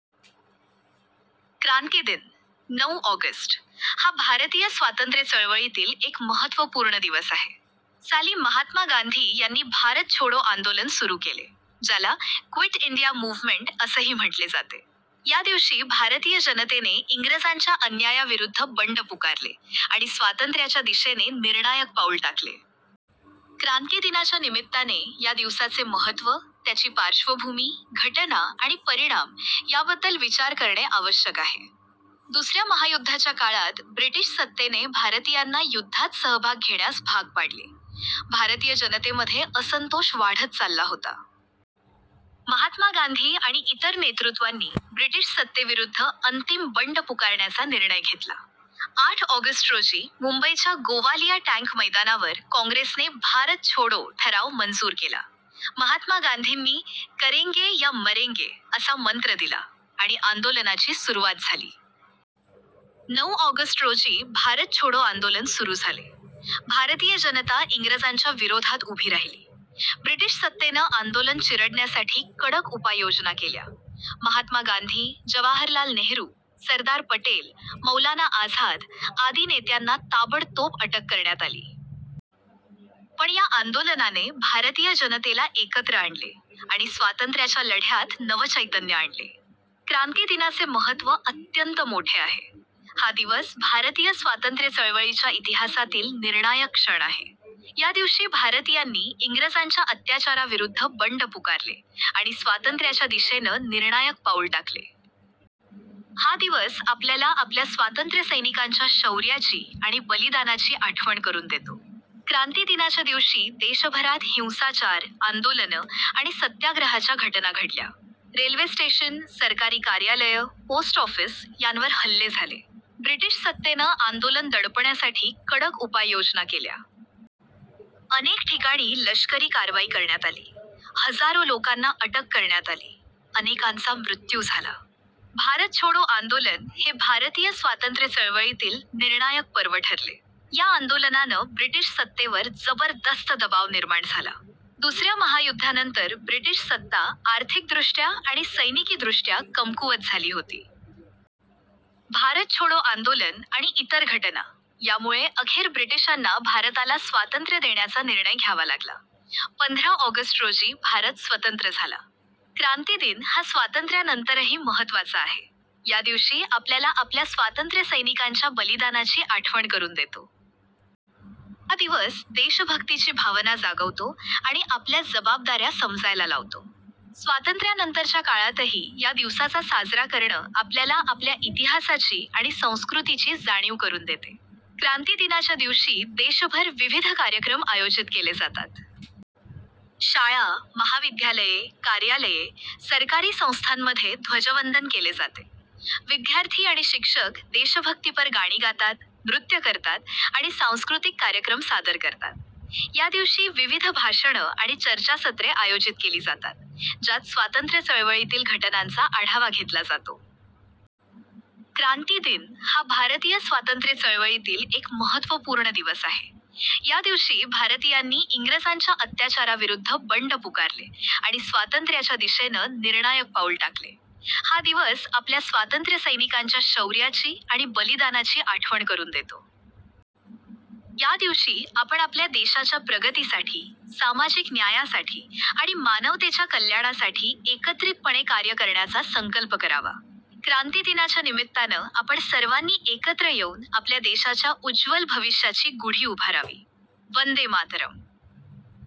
क्रांती दिन, नऊ ऑगस्ट, हा भारतीय स्वातंत्र्य चळवळीतील एक महत्त्वपूर्ण दिवस आहे. साली महात्मा गांधी यांनी भारत छोडो आंदोलन सुरू केले, ज्याला क्विट इंडिया मूवमेंट असेही म्हटले जाते. या दिवशी भारतीय जनतेने इंग्रजांच्या अन्यायाविरुद्ध बंड पुकारले आणि स्वातंत्र्याच्या दिशेने निर्णायक पाऊल टाकले. क्रांती दिनाच्या निमित्ताने या दिवसाचे महत्त्व, त्याची पार्श्वभूमी, घटना आणि परिणाम याबद्दल विचार करणे आवश्यक आहे. दुसऱ्या महायुद्धाच्या काळात ब्रिटिश सत्तेने भारतीयांना युद्धात सहभाग घेण्यास भाग पाडले. भारतीय जनतेमध्ये असंतोष वाढत चालला होता. महात्मा गांधी आणि इतर नेतृत्वांनी ब्रिटिश सत्तेविरुद्ध अंतिम बंड पुकारण्याचा निर्णय घेतला. आठ ऑगस्ट रोजी मुंबईच्या गोवालिया टँक मैदानावर काँग्रेसने भारत छोडो ठराव मंजूर केला. महात्मा गांधींनी करेंगे या मरेंगे असा मंत्र दिला आणि आंदोलनाची सुरुवात झाली. नऊ ऑगस्ट रोजी भारत छोडो आंदोलन सुरू झाले. भारतीय जनता इंग्रजांच्या विरोधात उभी राहिली. ब्रिटिश सत्तेने आंदोलन चिरडण्यासाठी कडक उपाययोजना केल्या. महात्मा गांधी, जवाहरलाल नेहरू, सरदार पटेल, मौलाना आझाद आदी नेत्यांना ताबडतोब अटक करण्यात आली. पण या आंदोलनाने भारतीय जनतेला एकत्र आणले आणि स्वातंत्र्याच्या लढ्यात नवचैतन्य आणले. क्रांती दिनाचे महत्त्व अत्यंत मोठे आहे. हा दिवस भारतीय स्वातंत्र्य चळवळीच्या इतिहासातील निर्णायक क्षण आहे. या दिवशी भारतीयांनी इंग्रजांच्या अत्याचाराविरुद्ध बंड पुकारले आणि स्वातंत्र्याच्या दिशेने निर्णायक पाऊल टाकले. हा दिवस आपल्याला आपल्या स्वातंत्र्यसैनिकांच्या शौर्याची आणि बलिदानाची आठवण करून देतो. क्रांती दिनाच्या दिवशी देशभरात हिंसाचार, आंदोलने आणि सत्याग्रहाच्या घटना घडल्या. रेल्वे स्टेशन, सरकारी कार्यालये, पोस्ट ऑफिस यांवर हल्ले झाले. ब्रिटिश सत्तेने आंदोलन दडपण्यासाठी कडक उपाययोजना केल्या. अनेक ठिकाणी लष्करी कारवाई करण्यात आली. हजारो लोकांना अटक करण्यात आली, अनेकांचा मृत्यू झाला. भारत छोडो आंदोलन हे भारतीय स्वातंत्र्य चळवळीतील निर्णायक पर्व ठरले. या आंदोलनाने ब्रिटिश सत्तेवर जबरदस्त दबाव निर्माण झाला. दुसऱ्या महायुद्धानंतर ब्रिटिश सत्ता आर्थिकदृष्ट्या आणि सैनिकीदृष्ट्या कमकुवत झाली होती. भारत छोडो आंदोलन आणि इतर घटना यामुळे अखेर ब्रिटिशांना भारताला स्वातंत्र्य देण्याचा निर्णय घ्यावा लागला. पंधरा ऑगस्ट रोजी भारत स्वतंत्र झाला. क्रांती दिन हा स्वातंत्र्यानंतरही महत्त्वाचा आहे. या दिवशी आपल्याला आपल्या स्वातंत्र्यसैनिकांच्या बलिदानाची आठवण करून देतो. हा दिवस देशभक्तीची भावना जागवतो आणि आपल्या जबाबदाऱ्या समजायला लावतो. स्वातंत्र्यानंतरच्या काळातही या दिवसाचा साजरा करणे आपल्याला आपल्या इतिहासाची आणि संस्कृतीची जाणीव करून देते. क्रांती दिनाच्या दिवशी देशभर विविध कार्यक्रम आयोजित केले जातात. शाळा, महाविद्यालये, कार्यालये, सरकारी संस्थांमध्ये ध्वजवंदन केले जाते. विद्यार्थी आणि शिक्षक देशभक्तीपर गाणी गातात, नृत्य करतात आणि सांस्कृतिक कार्यक्रम सादर करतात. या दिवशी विविध भाषणे आणि चर्चासत्रे आयोजित केली जातात, ज्यात स्वातंत्र्य चळवळीतील घटनांचा आढावा घेतला जातो. क्रांती दिन हा भारतीय स्वातंत्र्य चळवळीतील एक महत्त्वपूर्ण दिवस आहे. या दिवशी भारतीयांनी इंग्रजांच्या अत्याचाराविरुद्ध बंड पुकारले आणि स्वातंत्र्याच्या दिशेने निर्णायक पाऊल टाकले. हा दिवस आपल्या स्वातंत्र्यसैनिकांच्या शौर्याची आणि बलिदानाची आठवण करून देतो. या दिवशी आपण आपल्या देशाच्या प्रगतीसाठी, सामाजिक न्यायासाठी आणि मानवतेच्या कल्याणासाठी एकत्रितपणे कार्य करण्याचा संकल्प करावा. क्रांती दिनाच्या निमित्ताने आपण सर्वांनी एकत्र येऊन आपल्या देशाच्या उज्ज्वल भविष्याची गुढी उभारावी. वंदे मातरम्.